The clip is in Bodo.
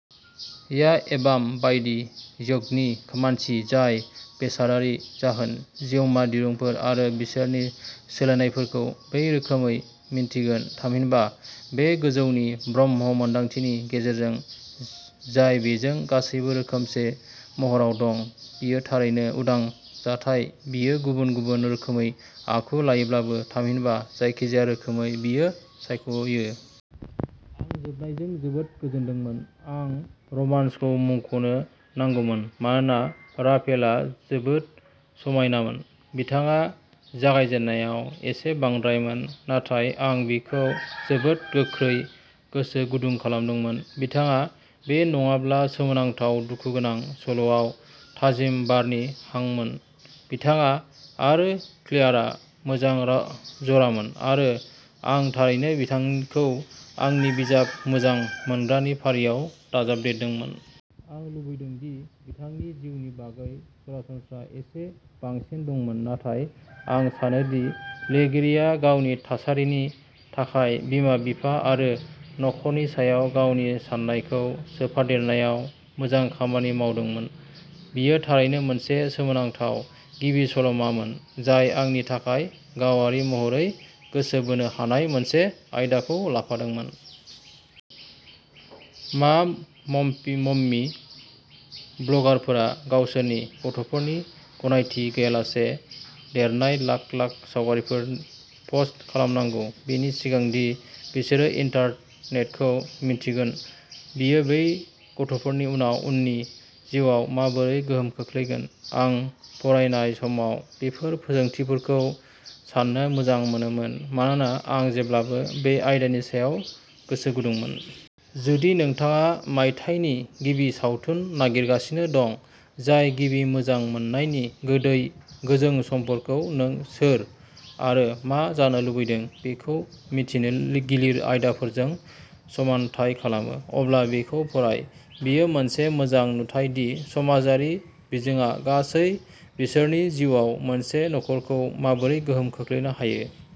या एभाम बायदि य'गनि मानसि जाय बेसादारि जाहोन, जिउमा, दिरुंफोर आरो बिसोरनि सोलायनायफोरखौ बे रोखोमै मिन्थिगोन थामहिनबा, बे गोजौनि ब्रह्म-मोनदांथिनि गेजेरजों जाय'बेजों गासैबो रोखोमसे'महराव दं-बियो थारैनो उदां जाथाय-बियो गुबुन-गुबुन रोखोमै आखु लायोब्लाबो थामहिनबा, जायखिजाया रोखोमै बियो सायख'यो। आं जोबनायजों जोबोद गोजोनदोंमोन। आं रमान्सखौ मुंख'नो नांगौमोन मानोना राफेलआ जोबोद समायनामोन। बिथाङा जागायजेननायाव एसे बांद्रायमोन नाथाय आं बिखौ जोबोद गोख्रै गोसो गुदुं खालामदोंमोन। बिथाङा बे नङाब्ला-सोमोनांथाव-दुखुगोनां सल'आव थाजिम बारनि हांमोन। बिथाङा आरो क्लेयारआ मोजां जरामोन आरो आं थारैनो बिथांखौ आंनि बिजाब मोजां मोनग्रानि फारियाव दाजाबदेरदोंमोन। आं लुबैदों दि बिथांनि जिउनि बागै सरासनस्रा एसे बांसिन दंमोन नाथाय आं सानो दि लिरगिरिया गावनि थासारिनि थाखाय बिमा-बिफा आरो नखरनि सायाव गावनि साननायखौ सोफादेरनायाव मोजां खामानि मावदोंमोन। बेयो थारैनो मोनसे सोमोनांथाव गिबि सल'मामोन, जाय आंनि थाखाय गावारि महरै गोसो बोनो हानाय मोनसे आयदाखौ लाफादोंमोन। मा मम्मी ब्लगारफोरा गावसोरनि गथ'फोरनि गनायथि गैयालासे देरनाय लाख-लाख सावगारिफोर पस्ट खालामनांगौ, बेनि सिगां दि बिसोरो इन्टारनेटखौ मिन्थिगोन? बेयो बै गथ'फोरनि उननि जिउआव माबोरै गोहोम खोख्लैगोन? आं फरायनाय समाव बेफोर सोंथिफोरखौ साननो मोजां मोनोमोन मानोना आं जेब्लाबो बे आयदानि सायाव गोसोगुदुंमोन। जुदि नोंथाङा मायथाइनि गिबि सावथुन नागिरगासिनो दं, जाय गिबि मोजां मोननायनि गोदै, गोजों समफोरखौ नों सोर आरो मा जानो लुबैदों बेखौ मिथिनो गिलिर आयदाफोरजों समानथाय खालामो, अब्ला बेखौ फराय। बेयो मोनसे मोजां नुथाय दि समाजारि बिजोङा गासै बोसोरनि जिउआव मोनसे नखरखौ माबोरै गोहोम खोख्लैनो हायो।